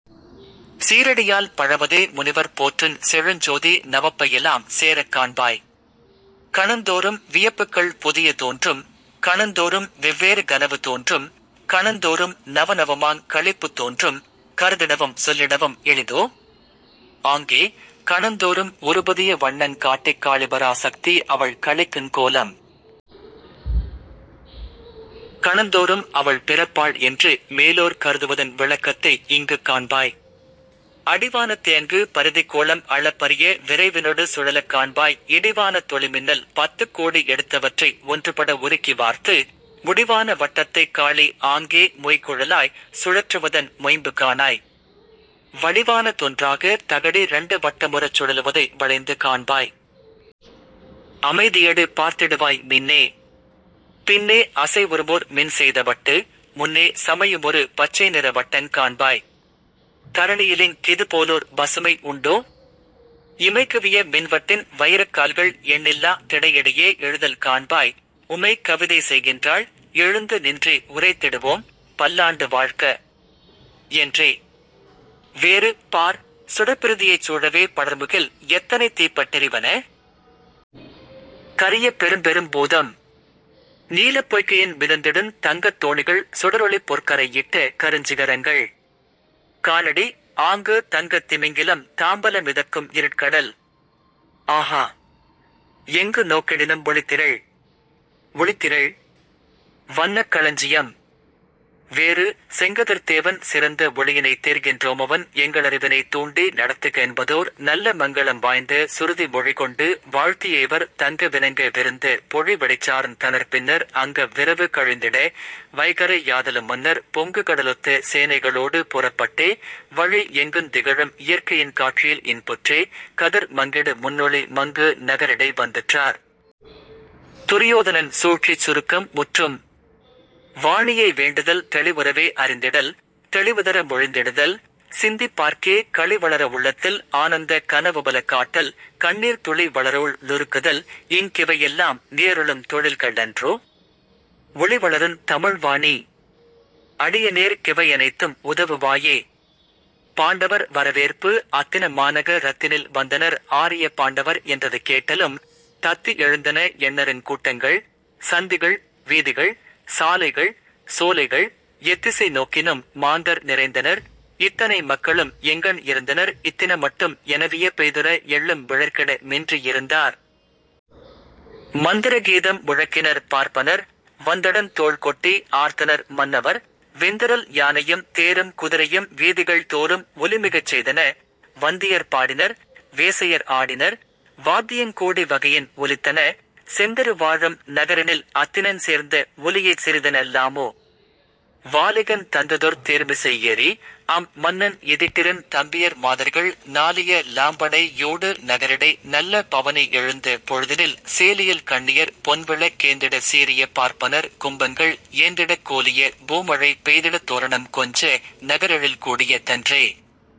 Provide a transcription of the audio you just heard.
சீரடியால் பழவதே முனிவர் போற்றுஞ் செழுஞ்சோதி நவப்பையெலாம் சேரக் காண்பாய். 'கணந்தோறும் வியப்புக்கள் புதிய தோன்றும்; கணந்தோறும் வெவ்வேறு கனவு தோன்றும்; கணந்தோறும் நவநவமாங் களிப்புத் தோன்றும்; கருதிடவும் சொல்லிடவும் எளிதோ? ஆங்கே, கணந்தோறும் ஒருபுதிய வண்ணங் காட்டிக் காளிபரா சக்தி அவள் களிக்குங் கோலம்। கணந்தோறும் அவள் பிறப்பாள் என்று மேலோர் கருதுவதன் விளக்கத்தை இங்குக் காண்பாய். 'அடிவானத் தேஅங்கு பரிதிக் கோளம் அளப்பரிய விரைவினொடு சுழலக் காண்பாய் இடிவானத் தொளிமின்னல் பத்துக் கோடி எடுத்தவற்றை ஒன்றுபட உருக்கி வார்த்து, முடிவான வட்டத்தைக் காளி ஆங்கே மொய்குழலாய், சுழற்றுவதன் மொய்ம்பு காணாய்! வடிவான தொன்றாகத் தகடி ரண்டு வட்டமுறச் சுழலுவதை வளைந்து காண்பாய். அமைதியடு பார்த்திடுவாய் மின்னே! பின்னே அசைவுறுமோர் மின்செய்த வட்டு; முன்னே சமையுமொரு பச்சைநிற வட்டங் காண்பாய். தரணியிலிங் கிதுபோலோர் பசுமை உண்டோ? இமைகுவிய மின்வட்டின் வயிரக் கால்கள் எண்ணில்லா திடையிடையே எழுதல் காண்பாய்; உமை கவிதை செய்கின்றாள், எழுந்து நின்றே உரைத்திடுவோம்,''பல்லாண்டு வாழ்க! ''என்றே. வேறு 'பார்; சுடர்ப்பிரிதியைச் சூழவே படர்முகில் எத்தனை தீப்பட் டெரிவன? -கரிய பெரும்பெரும் பூதம்! நீலப் பொய்கையின் மிதந்திடுந் தங்கத் தோணிகள் சுடரொளிப் பொற்கரை யிட்ட கருஞ்சிக ரங்கள்! -காணடி, ஆங்கு தங்கத் திமிங்கிலம் தாம்பல மிதக்கும் இருட்கடல்! -ஆஹா! எங்கு நோக்கிடினும் ஒளித்திரள்! ஒளித்திரள்! வன்னக் களஞ்சியம்! ' வேறு 'செங்கதிர்த்தேவன் சிறந்த ஒளியினைத் தேர்கின்றோம்-அவன் எங்களறிவினைத் தூண்டி நடத்துக'என்பதோர் நல்ல மங்களம் வாய்ந்த சுருதி மொழிகொண்டு வாழ்த்தியே-இவர் தங்க வினங்க விருந்த பொழி விடைச்சார்ந் தனர்-பின்னர் அங்கவ் விரவு கழிந்திட, வைகறை யாதலும்-மன்னர் பொங்குகடலொத்த சேனைகளோடு புறப்பட்டே,-வழி எங்குந் திகழும் இயற்கையின் காட்சியில் இன்புற்றே,-கதிர் மங்கிடு முன்னொளி மங்கு நகரிடை வந்துற்றார். துரியோதனன் சூழ்ச்சிச் சுருக்கம் முற்றும். வாணியை வேண்டுதல் தெளிவுறவே அறிந்திடல்; தெளிவுதர மொழிந்திடுதல்; சிந்திப் பார்க்கே களிவளர உள்ளத்தில் ஆனந்தக் கனவுபல காட்டல், கண்ணீர்த் துளி வளரஉள் ளுருக்குதல், இங் கிவையெல்லாம் நீஅருளும் தொழில்க ளன்றோ? ஒளிவளருந் தமிழ் வாணீ! அடியனேற் கிவையனைத்தும் உதவு வாயே!. பாண்டவர் வரவேற்பு அத்தின மாநக ரத்தினில் வந்தனர் ஆரியப் பாண்டவர் என்றது கேட்டலும், தத்தி எழுந்தன எண்ணருங் கூட்டங்கள், சந்திகள், வீதிகள், சாலைகள், சோலைகள்; எத்திசை நோக்கினும் மாந்தர் நிறைந்தனர்; இத்தனை மக்களும் எங்கண் இருந்தனர் இத்தின மட்டும் எனவியப் பெய்துற எள்ளும் விழற்கிட மின்றி யிருந்தார். மந்திர கீதம் முழக்கினர் பார்ப்பனர்; வந்தடந் தோள்கொட்டி ஆர்த்தனர் மன்னவர்; வெந்திறல் யானையும் தேரும் குதிரையும் வீதிகள் தோறும் ஒலிமிகச் செய்தன; வந்தியர் பாடினர், வேசையர் ஆடினர்; வாத்தியங் கோடி வகையின் ஒலித்தன; செந்திரு வாழும் நகரினில் அத்தினஞ் சேர்ந்த ஒலியைச் சிறிதென லாமொ! வாலிகன் தந்ததொர் தேர்மிசை ஏறி, அம் மன்னன் யிதிட்டிரன் தம்பியர் மாதர்கள் நாலிய லாம்படை யோடு நகரிடை நல்ல பவனி எழுந்த பொழுதினில் சேலியல் கண்ணியர் பொன்விளக் கேந்திடச் சீரிய பார்ப்பனர் கும்பங்கள் ஏந்திடக் கோலிய பூமழை பெய்திடத் தோரணம் கொஞ்ச, நகரெழில் கூடிய தன்றே.